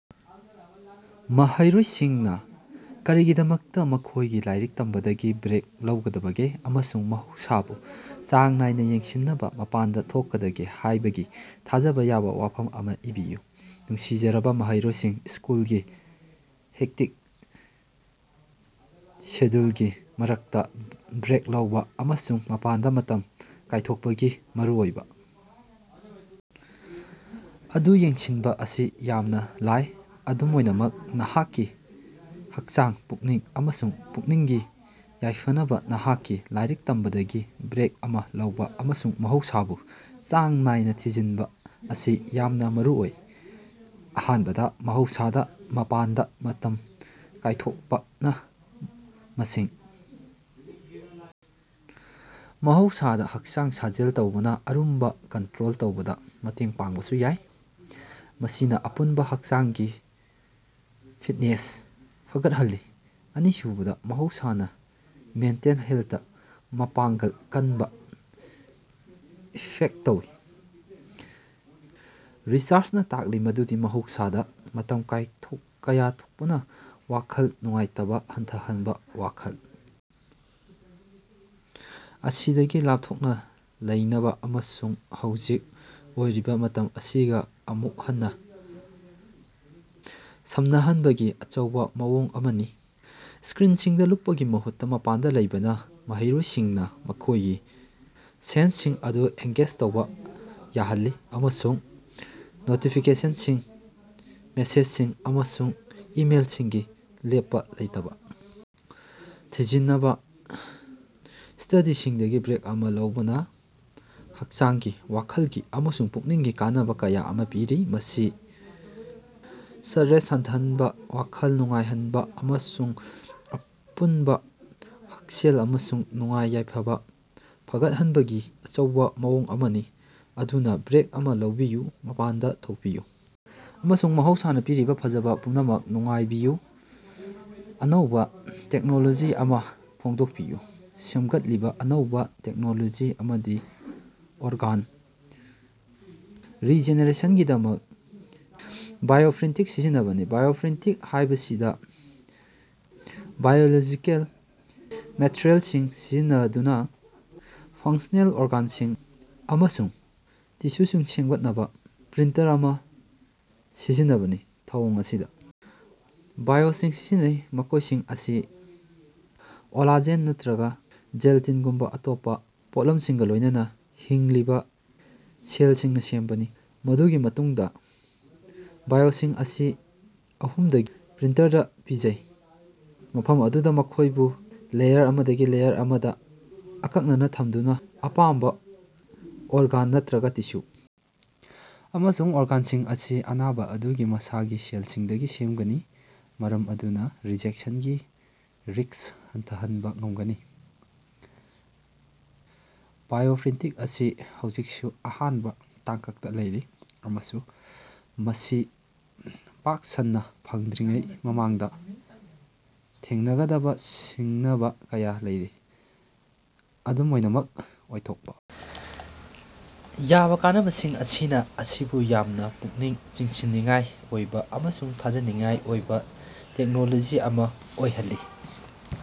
ꯃꯍꯩꯔꯣꯏꯁꯤꯡꯅ ꯀꯔꯤꯒꯤꯗꯃꯛꯇ ꯃꯈꯣꯏꯒꯤ ꯂꯥꯏꯔꯤꯛ ꯇꯝꯕꯗꯒꯤ ꯕ꯭ꯔꯦꯛ ꯂꯧꯒꯗꯒꯦ ꯑꯃꯁꯨꯡ ꯃꯍꯧꯁꯥꯕꯨ ꯆꯥꯡ ꯅꯥꯏꯅ ꯌꯦꯡꯁꯤꯟꯅꯕ ꯃꯄꯥꯟꯗ ꯊꯣꯛꯀꯗꯒꯦ ꯍꯥꯏꯕꯒꯤ ꯊꯥꯖꯕ ꯌꯥꯕ ꯋꯥꯐꯝ ꯑꯃ ꯏꯕꯤꯌꯨ꯫ ꯅꯨꯡꯁꯤꯖꯔꯕ ꯃꯍꯩꯔꯣꯏꯁꯤꯡ, ꯁ꯭ꯀꯨꯜꯒꯤ ꯍꯦꯛꯇꯤꯛ ꯁꯦꯗ꯭ꯌꯨꯂꯒꯤ ꯃꯔꯛꯇꯥ ꯕ꯭ꯔꯦꯛ ꯂꯧꯕ ꯑꯃꯁꯨꯡ ꯃꯄꯥꯟꯗ ꯃꯇꯝ ꯀꯥꯏꯊꯣꯛꯄꯒꯤ ꯃꯔꯨꯑꯣꯏꯕ ꯑꯗꯨ ꯌꯦꯡꯁꯤꯟꯕ ꯑꯁꯤ ꯌꯥꯝꯅ ꯂꯥꯏ꯫ ꯑꯗꯨꯝ ꯑꯣꯏꯅꯃꯛ, ꯅꯍꯥꯛꯀꯤ ꯍꯛꯆꯥꯡ, ꯄꯨꯛꯅꯤꯡ ꯑꯃꯁꯨꯡ ꯄꯨꯛꯅꯤꯡꯒꯤ ꯌꯥꯏꯐꯅꯕꯥ ꯅꯍꯥꯛꯀꯤ ꯂꯥꯏꯔꯤꯛ ꯇꯝꯕꯗꯒꯤ ꯕ꯭ꯔꯦꯛ ꯑꯃꯥ ꯂꯧꯕ ꯑꯃꯁꯨꯡ ꯃꯍꯧꯁꯥꯕꯨ ꯆꯥꯡ ꯅꯥꯏꯅꯥ ꯊꯤꯖꯤꯟꯕ ꯑꯁꯤ ꯌꯥꯝꯅ ꯃꯔꯨꯑꯣꯏ꯫ ꯑꯍꯥꯟꯕꯗ, ꯃꯍꯧꯁꯥꯗ ꯃꯄꯥꯟꯗ ꯃꯇꯝ ꯀꯥꯏꯊꯣꯛꯄꯅ ꯃꯁꯤꯡ ꯃꯍꯧꯁꯥꯗ ꯍꯛꯆꯥꯡ ꯁꯥꯖꯦꯜ ꯇꯧꯕꯅ ꯑꯔꯨꯝꯕ ꯀꯟꯇ꯭ꯔꯣꯜ ꯇꯧꯕꯗ ꯃꯇꯦꯡ ꯄꯥꯡꯕꯁꯨ ꯌꯥꯏ, ꯃꯁꯤꯅꯥ ꯑꯄꯨꯟꯕ ꯍꯛꯆꯥꯡꯒꯤ ꯐꯤꯠꯅꯦꯁ ꯐꯒꯠꯍꯜꯂꯤ꯫ ꯑꯅꯤꯁꯨꯕꯗ, ꯃꯍꯧꯁꯥꯅ ꯃꯦꯟꯇꯦꯜ ꯍꯦꯜꯊꯇ ꯃꯄꯥꯡꯒꯜ ꯀꯟꯕ ꯏꯐꯦꯛꯇ ꯇꯧꯏ꯫ ꯔꯤꯁꯔꯆꯅꯥ ꯇꯥꯛꯂꯤ ꯃꯗꯨꯗꯤ ꯃꯍꯧꯁꯥꯗ ꯃꯇꯝ ꯀꯥꯌꯊꯣꯛꯄꯅ ꯋꯥꯈꯜ ꯅꯨꯡꯉꯥꯏꯇꯕ ꯍꯟꯊꯍꯟꯕ, ꯋꯥꯈꯜ ꯑꯁꯤꯗꯒꯤ ꯂꯥꯞꯊꯣꯛꯅ ꯂꯩꯅꯕ ꯑꯃꯁꯨꯡ ꯍꯧꯖꯤꯛ ꯑꯣꯏꯔꯤꯕ ꯃꯇꯝ ꯑꯁꯤꯒ ꯑꯃꯨꯛ ꯍꯟꯅ ꯁꯝꯅꯍꯟꯕꯒꯤ ꯑꯆꯧꯕ ꯃꯑꯣꯡ ꯑꯃꯅꯤ꯫ ꯁ꯭ꯀꯔꯤꯟꯁꯤꯡꯗ ꯂꯨꯞꯄꯒꯤ ꯃꯍꯨꯠꯇ ꯃꯄꯥꯟꯗ ꯂꯩꯕꯅ ꯃꯍꯩꯔꯣꯏꯁꯤꯡꯅ ꯃꯈꯣꯏꯒꯤ ꯁꯦꯟꯁꯁꯤꯡ ꯑꯗꯨ ꯑꯦꯡꯒꯦꯖ ꯇꯧꯕ ꯌꯥꯍꯜꯂꯤ ꯑꯃꯁꯨꯡ ꯅꯣꯇꯤꯐꯤꯀꯦꯁꯟꯁꯤꯡ, ꯃꯦꯁꯦꯖꯁꯤꯡ ꯑꯃꯁꯨꯡ ꯏꯃꯦꯜꯁꯤꯡꯒꯤ ꯂꯦꯞꯄ ꯂꯩꯇꯕ ꯊꯤꯖꯤꯟꯅꯕ ꯁ꯭ꯇꯗꯤꯁꯤꯡꯗꯒꯤ ꯕ꯭ꯔꯦꯛ ꯑꯃ ꯂꯧꯕꯅ ꯍꯛꯆꯥꯡꯒꯤ, ꯋꯥꯈꯜꯒꯤ ꯑꯃꯁꯨꯡ ꯄꯨꯛꯅꯤꯡꯒꯤ ꯀꯥꯟꯅꯕ ꯀꯌꯥ ꯑꯃ ꯄꯤꯔꯤ꯫ ꯃꯁꯤ ꯁ꯭ꯠꯔꯦꯁ ꯍꯟꯊꯍꯟꯕ, ꯋꯥꯈꯜ ꯅꯨꯡꯉꯥꯏꯍꯟꯕ ꯑꯃꯁꯨꯡ ꯑꯄꯨꯟꯕ ꯍꯛꯁꯦꯜ ꯑꯃꯁꯨꯡ ꯅꯨꯡꯉꯥꯏ-ꯌꯥꯏꯐꯕ ꯐꯒꯠꯍꯟꯕꯒꯤ ꯑꯆꯧꯕ ꯃꯑꯣꯡ ꯑꯃꯅꯤ꯫ ꯑꯗꯨꯅꯥ, ꯕ꯭ꯔꯦꯛ ꯑꯃꯥ ꯂꯧꯕꯤꯌꯨ, ꯃꯄꯥꯟꯗ ꯊꯣꯛꯄꯤꯌꯨ, ꯑꯃꯁꯨꯡ ꯃꯍꯧꯁꯥꯅ ꯄꯤꯔꯤꯕ ꯐꯖꯕ ꯄꯨꯝꯅꯃꯛ ꯅꯨꯡꯉꯥꯏꯕꯤꯌꯨ꯫ ꯑꯅꯧꯕ ꯇꯦꯛꯅꯣꯂꯣꯖꯤ ꯑꯃ ꯐꯣꯡꯗꯣꯛꯄꯤꯌꯨ꯫ ꯁꯦꯝꯒꯠꯂꯤꯕ ꯑꯅꯧꯕꯥ ꯇꯦꯛꯅꯣꯂꯣꯖꯤ ꯑꯃꯗꯤ ꯑꯣꯔꯒꯥꯟ ꯔꯤꯖꯦꯅꯦꯔꯦꯁꯟꯒꯤꯗꯃꯛ ꯕꯥꯏꯑꯣꯄ꯭ꯔꯤꯟꯇꯤꯡ ꯁꯤꯖꯤꯟꯅꯕꯅꯤ꯫ ꯕꯥꯏꯑꯣꯄ꯭ꯔꯤꯟꯇꯤꯡ ꯍꯥꯏꯕꯁꯤꯗ ꯕꯥꯏꯑꯣꯂꯣꯖꯤꯀꯦꯜ ꯃꯦꯇꯔꯤꯑꯦꯜꯁꯤꯡ ꯁꯤꯖꯤꯟꯅꯗꯨꯅ ꯐꯪꯁꯅꯦꯜ ꯑꯣꯔꯒꯥꯟꯁꯤꯡ ꯑꯃꯁꯨꯡ ꯇꯤꯁꯨꯁꯤꯡ ꯁꯦꯝꯒꯠꯅꯕ ꯄ꯭ꯔꯤꯟꯇꯔ ꯑꯃ ꯁꯤꯖꯤꯟꯅꯕꯅꯤ꯫ ꯊꯧꯑꯣꯡ ꯑꯁꯤꯗ ꯕꯥꯏꯑꯣꯏꯁꯤꯡ ꯁꯤꯖꯤꯟꯅꯩ, ꯃꯈꯣꯏꯁꯤꯡ ꯑꯁꯤ ꯀꯣꯂꯥꯖꯦꯟ ꯅꯠꯇ꯭ꯔꯒ ꯖꯦꯜꯇꯤꯟꯒꯨꯝꯕ ꯑꯇꯣꯞꯄ ꯄꯣꯠꯂꯝꯁꯤꯡꯒ ꯂꯣꯏꯅꯅ ꯍꯤꯡꯂꯤꯕ ꯁꯦꯜꯁꯤꯡꯅ ꯁꯦꯝꯕꯅꯤ꯫ ꯃꯗꯨꯒꯤ ꯃꯇꯨꯡꯗꯥ ꯕꯥꯏꯑꯣꯏꯁꯤꯡ ꯑꯁꯤ ꯑꯍꯨꯝꯗꯤ ꯄ꯭ꯔꯤꯟꯇꯔꯗ ꯄꯤꯖꯩ, ꯃꯐꯝ ꯑꯗꯨꯗ ꯃꯈꯣꯏꯕꯨ ꯂꯦꯌꯔ ꯑꯃꯗꯒꯤ ꯂꯦꯌꯔ ꯑꯃꯗꯥ ꯑꯀꯛꯅꯅ ꯊꯝꯗꯨꯅ ꯑꯄꯥꯝꯕ ꯑꯣꯔꯒꯥꯟ ꯅꯠꯇ꯭ꯔꯒ ꯇꯤꯁꯨ ꯑꯃꯁꯨꯡ ꯑꯣꯔꯒꯥꯟꯁꯤꯡ ꯑꯁꯤ ꯑꯅꯥꯕ ꯑꯗꯨꯒꯤ ꯃꯁꯥꯒꯤ ꯁꯦꯜꯁꯤꯡꯗꯒꯤ ꯁꯦꯝꯒꯅꯤ ꯃꯔꯝ ꯑꯗꯨꯅ ꯔꯤꯖꯦꯛꯁꯟꯒꯤ ꯔꯤꯁ꯭ꯛ ꯍꯟꯊꯍꯟꯕ ꯉꯝꯒꯅꯤ꯫ ꯕꯥꯏꯑꯣꯄ꯭ꯔꯤꯟꯇꯤꯡ ꯑꯁꯤ ꯍꯧꯖꯤꯛꯁꯨ ꯑꯍꯥꯟꯕ ꯇꯥꯡꯀꯛꯇ ꯂꯩꯔꯤ ꯑꯃꯁꯨꯡ ꯃꯁꯤ ꯄꯥꯛ ꯁꯟꯅ ꯐꯪꯗ꯭ꯔꯤꯉꯩ ꯃꯃꯥꯡꯗ ꯊꯦꯡꯅꯒꯗꯕ ꯁꯤꯡꯅꯕ ꯀꯌꯥ ꯂꯩꯔꯤ꯫ ꯑꯗꯨꯝ ꯑꯣꯏꯅꯃꯛ, ꯑꯣꯏꯊꯣꯛꯄ ꯌꯥꯕ ꯀꯥꯟꯅꯕꯁꯤꯡ ꯑꯁꯤꯅ ꯃꯁꯤꯕꯨ ꯌꯥꯝꯅ ꯄꯨꯛꯅꯤꯡ ꯆꯤꯡꯁꯤꯟꯅꯤꯡꯉꯥꯏ ꯑꯣꯏꯕ ꯑꯃꯁꯨꯡ ꯊꯥꯖꯅꯤꯡꯉꯥꯏ ꯑꯣꯏꯕ ꯇꯦꯛꯅꯣꯂꯣꯖꯤ ꯑꯃ ꯑꯣꯏꯍꯜꯂꯤ꯫